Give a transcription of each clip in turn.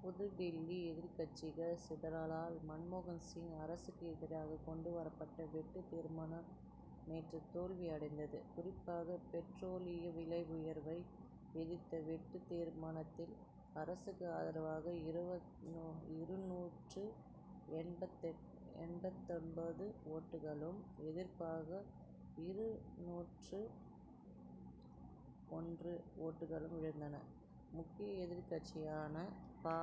புதுடில்லி எதிர்க்கட்சிகள் சிதறலால் மன்மோகன் சிங் அரசுக்கு எதிராக கொண்டுவரப்பட்ட வெட்டுத் தீர்மானம் நேற்று தோல்வி அடைந்தது. குறிப்பாக பெட்ரோலிய விலை உயர்வை எதிர்த்த வெட்டுத் தீர்மானத்தில் அரசுக்கு ஆதரவாக இருநூற்று எண்பத்தொன்பது ஓட்டுகளும் எதிர்ப்பாக இருநூற்று ஒன்று ஓட்டுகளும் விழுந்தன. முக்கிய எதிர்க்கட்சியான பா.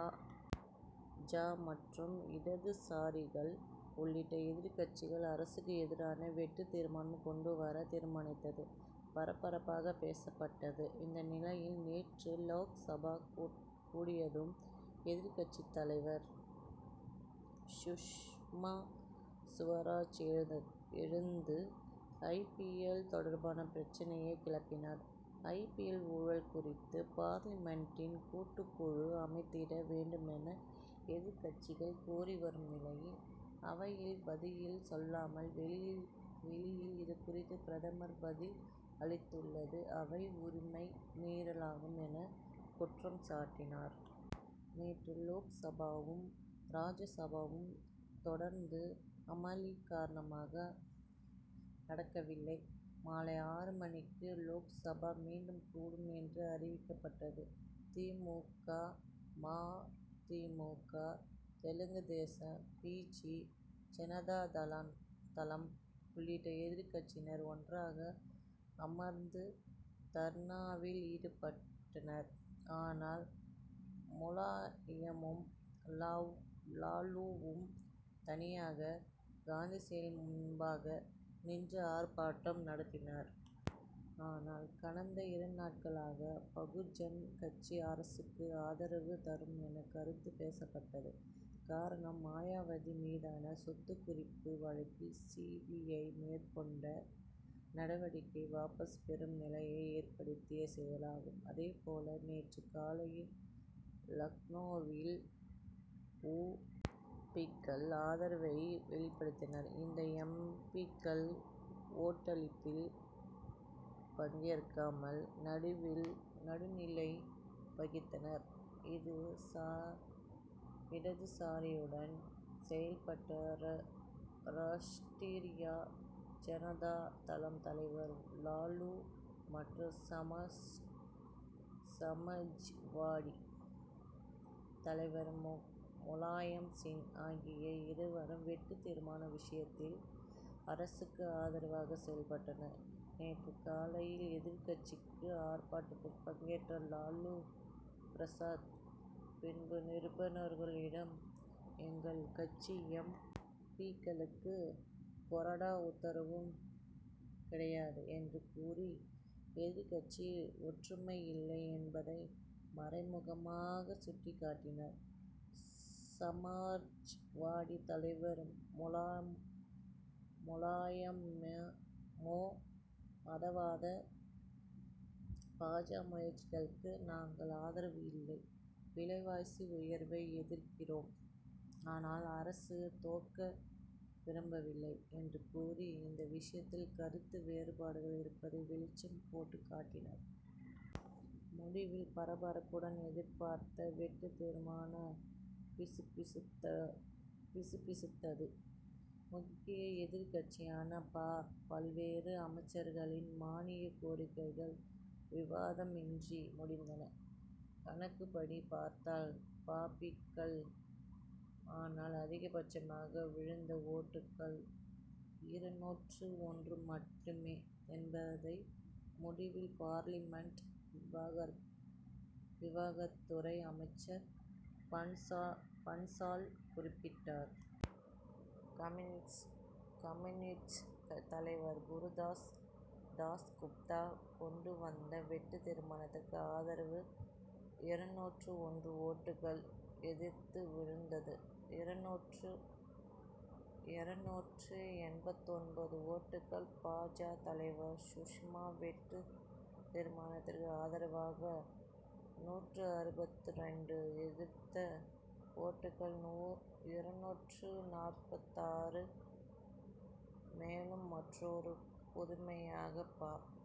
ஜ. மற்றும் இடதுசாரிகள் உள்ளிட்ட எதிர்க்கட்சிகள் அரசுக்கு எதிராக வெட்டுத் தீர்மானம் கொண்டுவர தீர்மானித்தது பரபரப்பாக பேசப்பட்டது. இந்நிலையில் நேற்று லோக்சபா கூடியதும் எதிர்க்கட்சித் தலைவர் சுஷ்மா சுவராஜ் எழுந்து ஐ. பி. எல். தொடர்பான பிரச்னையை கிளப்பினார். ஐ. பி. எல். ஊழல் குறித்து பார்லிமென்டின் கூட்டுக்குழு அமைத்திட வேண்டுமென எதிர்க்கட்சிகள் கோரி வரும் நிலையில் அவையில் பதில் சொல்லாமல் வெளியில் இதுகுறித்து பிரதமர் பதில் அளித்துள்ளது அவை உரிமை மீறல் ஆகும் என்று குற்றம் சாட்டினார். நேற்று லோக்சபாவும் ராஜ்யசபாவும் தொடர்ந்து அமளி காரணமாக நடக்கவில்லை. மாலை ஆறு மணிக்கு லோக்சபா மீண்டும் கூடும் என்று அறிவிக்கப்பட்டது. தி. மு. க. ம. தி. மு. க. தெலுங்குதேசம் பிஜு ஜனதாதளம் உள்ளிட்ட எதிர்க்கட்சியினர் ஒன்றாக அமர்ந்து தர்ணாவில் ஈடுபட்டனர். ஆனால் முலாயமும் லாலுவும் தனியாக காந்தி சிலை முன்பாக நின்று ஆர்ப்பாட்டம் நடத்தினர். ஆனால் கடந்த இருநாட்களாக பகுஜன் கட்சி அரசுக்கு ஆதரவு தரும் என்ற கருத்து பேசப்பட்டது காரணம் மாயாவதி மீதான சொத்துக் குவிப்பு வழக்கில் சி. பி. ஐ. மேற்கொண்ட நடவடிக்கையை வாபஸ் பெறும் நிலையை ஏற்படுத்திய செயலாகும். அதே போல நேற்று காலையில் லக்னோவில் உ. பி.க்கள் ஆதரவை வெளிப்படுத்தினார். இந்த எம். பி.க்கள் ஓட்டெடுப்பில் பங்கேற்காமல் நடுநிலை வகித்தனர். இடதுசாரியுடன் செயல்பட்ட ராஷ்டிரிய ஜனதாதளம் தலைவர் லாலு மற்றும் சமாஜ்வாடி தலைவர் முலாயம் சிங் ஆகிய இருவரும் வெட்டுத் தீர்மான விஷயத்தில் அரசுக்கு ஆதரவாக செயல்பட்டனர். நேற்று காலையில் எதிர்க்கட்சிக்கு ஆர்ப்பாட்டத்தில் பங்கேற்ற லாலு பிரசாத் பின்பு நிருபனர்களிடம் எங்கள் கட்சி எம். பி.க்களுக்கு கொறடா உத்தரவு கிடையாது என்று கூறி எதிர்க்கட்சி ஒற்றுமை இல்லை என்பதை மறைமுகமாக சுட்டிக்காட்டினர். சமாஜ்வாடி தலைவர் முலாயமோ மதவாத பா. ஜ. முயற்சிகளுக்கு நாங்கள் ஆதரவு இல்லை விலைவாசி உயர்வை எதிர்க்கிறோம் ஆனால் அரசு தோற்க விரும்பவில்லை என்று கூறி இந்த விஷயத்தில் கருத்து வேறுபாடுகள் இருப்பதை வெளிச்சம் போட்டுக் காட்டினார். முடிவில் பரபரப்புடன் எதிர்பார்த்த வெட்டுத் தீர்மானம் பிசுபிசுத்தது. முக்கிய எதிர்க்கட்சியான பா. பல்வேறு அமைச்சர்களின் மானியக் கோரிக்கைகள் விவாதமின்றி முடிந்தன. கணக்குப்படி பார்த்தால் பா. பி.க்கள். ஆனால் அதிக பட்சமாக விழுந்த ஒட்டுகள் இருநூற்று ஒன்று மட்டுமே என்பதை முடிவில் பார்லிமென்ட் விவகாரத்துறை அமைச்சர் பன்சால் குறிப்பிட்டார். கம்யூனிஸ்ட் தலைவர் குருதாஸ் தாஸ்குப்தா கொண்டு வந்த வெட்டுத் தீர்மானத்திற்கு ஆதரவு இருநூற்று ஒன்று ஓட்டுகள். எதிர்த்து விழுந்தது இருநூற்று எண்பத்தொன்பது ஓட்டுகள். பா. ஜ. தலைவர் சுஷ்மா வெட்டுத் தீர்மானத்திற்கு ஆதரவாக நூற்று அறுபத்து இரண்டு எதிர்த்த ஓட்டுகள் இருநூற்று நாற்பத்தாறு. மேலும் மற்றொரு புதுமையாக பா.